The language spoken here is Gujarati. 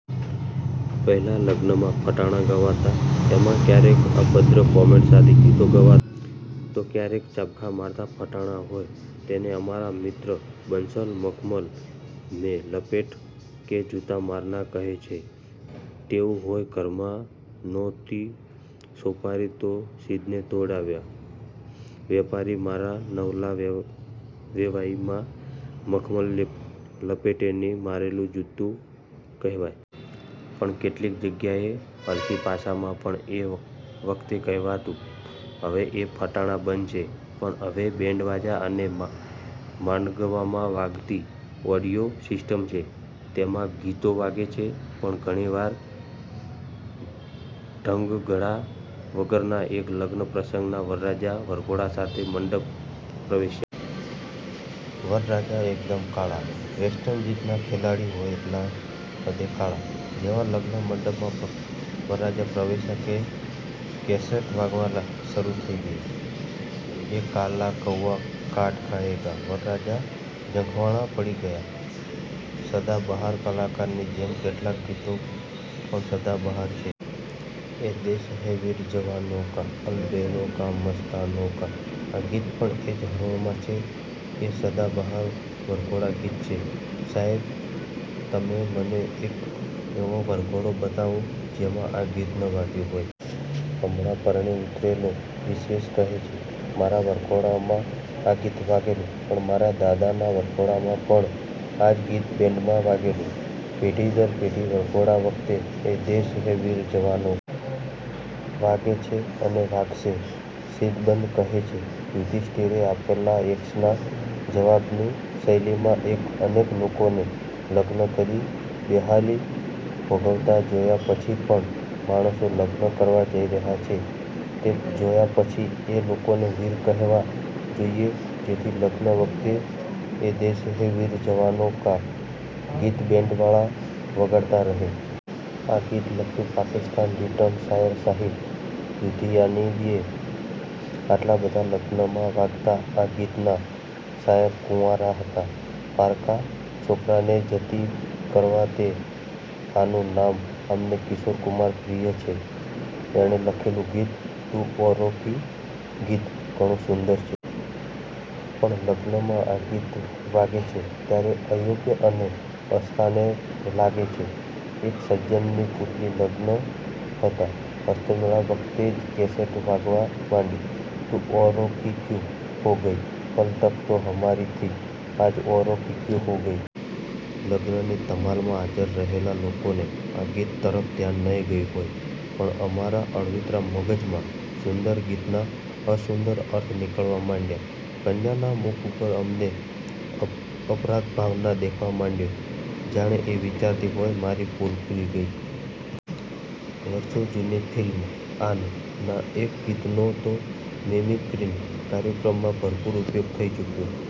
પહેલાં લગ્નોમાં ફટાણાં ગવાતાં. એમાં ક્યારેક અભદ્ર કોમેન્ટ સાથે ગીતો ગવાતાં, તો ક્યારેક ચાબખા મારતાં ફટાણાં હોય. જેને અમારા મિત્ર બંસલ, 'મખમલ મેં લપેટ કે જૂતા મારના' કહે છે તેવું હોય. 'ઘરમાં નો'તી સોપારી તો શીદને તેડાવ્યા વેપારી મારા નવલા વેવાઈ' આ મખમલ લપેટીને મારેલું જૂતું કહેવાય. પણ કેટલીક જગ્યાએ હલકી ભાષામાં પણ એ વખતે કહેવાતું. હવે એ ફટાણાં બંધ છે. પણ હવે બૅન્ડવાજા અને માંડવામાં વાગતી 'ઑડિયો સિસ્ટમ' છે. તેમાં ગીતો વાગે છે, પણ ઘણી વાર ઢંગધડા વગરનાં. એક લગ્ન પ્રસંગમાં વરરાજા વરઘોડા સાથે મંડપ પ્રવેશ્યા. વરરાજા એકદમ કાળા… વેસ્ટ ઈન્ડિઝના ખેલાડી હોય એટલી હદે કાળા. જેવા લગ્ન મંડપમાં વરરાજા પ્રવેશ્યા કે કેસેટ વાગવી શરૂ થઈ 'યે કાલા કૌવા કાટ ખાયેંગા… ' વરરાજા ઝંખવાણા પડી ગયા. સદાબહાર કલાકારની જેમ કેટલાંક ગીતો પણ સદાબહાર છે. 'યે દેશ હૈ વીર જવાનો કા, અલબેલો કા મસ્તાનો કા… ' આ ગીત પણ એ જ હરોળમાં છે એ સદાબહાર વરઘોડા ગીત છે. સાહેબ… તમે મને એક એવો વરઘોડો બતાવો જેમાં આ ગીત ન વાગ્યું હોય. હમણાં પરણી ઊતરેલો વિશ્વેશ કહે છે, "મારા વરઘોડામાં આ ગીત વાગેલું પણ મારા દાદાના વરઘોડામાં પણ આ જ ગીત બેન્ડમાં વાગેલું. " પેઢી દર પેઢી વરઘોડા વખતે 'યે દેશ હૈ વીર જવાનો કા' વાગે છે અને વાગશે, સિંદબાદ કહે છે, યુધિષ્ઠિરે આપેલા યક્ષના જવાબની શૈલીમાં કે અનેક લોકોને લગ્ન કરી બેહાલી ભોગવતા જોયા પછી પણ માણસો લગ્ન કરવા જઈ રહ્યા છે, તે જોયા પછી એ લોકોને 'વીર' કહેવા જોઈએ, જેથી લગ્ન વખતે 'યે દેશ હૈ વીર જવાનો કા' ગીત બેન્ડવાળા વગાડતા રહે છે. આ ગીત લખ્યું પાકિસ્તાન રિટર્ન શાયર સાહિર લુધિયાનવીએ, આટલાં બધાં લગ્નમાં વાગતા આ ગીતના શાયર કુંવારા હતા. પારકા છોકરાને જતિ કરવા તે આનું નામ. અમને કિશોરકુમાર પ્રિય છે. એણે ગાયેલું ગીત 'તૂં ઔરો કી' ગીત ઘણું સુંદર છે. પણ લગ્નમાં આ ગીત વાગે છે ત્યારે અયોગ્ય અને અસ્થાને લાગે છે. એક સજ્જનની પુત્રીનાં લગ્ન હતાં. હસ્તમેળાપ વખતે જ કેસેટ વાગવા માંડી, 'તૂં ઔરો કી ક્યું હો ગઈ! કલ તક તો હમારી થી… આજ ઔરો કી ક્યું હો ગઈ? ' લગ્નની ધમાલમાં હાજર રહેલા લોકોને આ ગીત તરફ ધ્યાન નહીં ગયું હોય, પણ અમારા અળવીતરા મગજમાં સુંદર ગીતના અસુંદર અર્થ નીકળવા માંડ્યા. કન્યાના મુખ ઉપર અમને અપરાધભાવ દેખાવા માંડયો. જાણે એ વિચારતી હોય 'મારી પોલ ખૂલી ગઈ. ' વરસો જૂની ફિલ્મ 'આન' ના એક ગીતનો તો મિમિક્રીના કાર્યક્રમોમાં ભરપૂર ઉપયોગ થઈ ચૂક્યો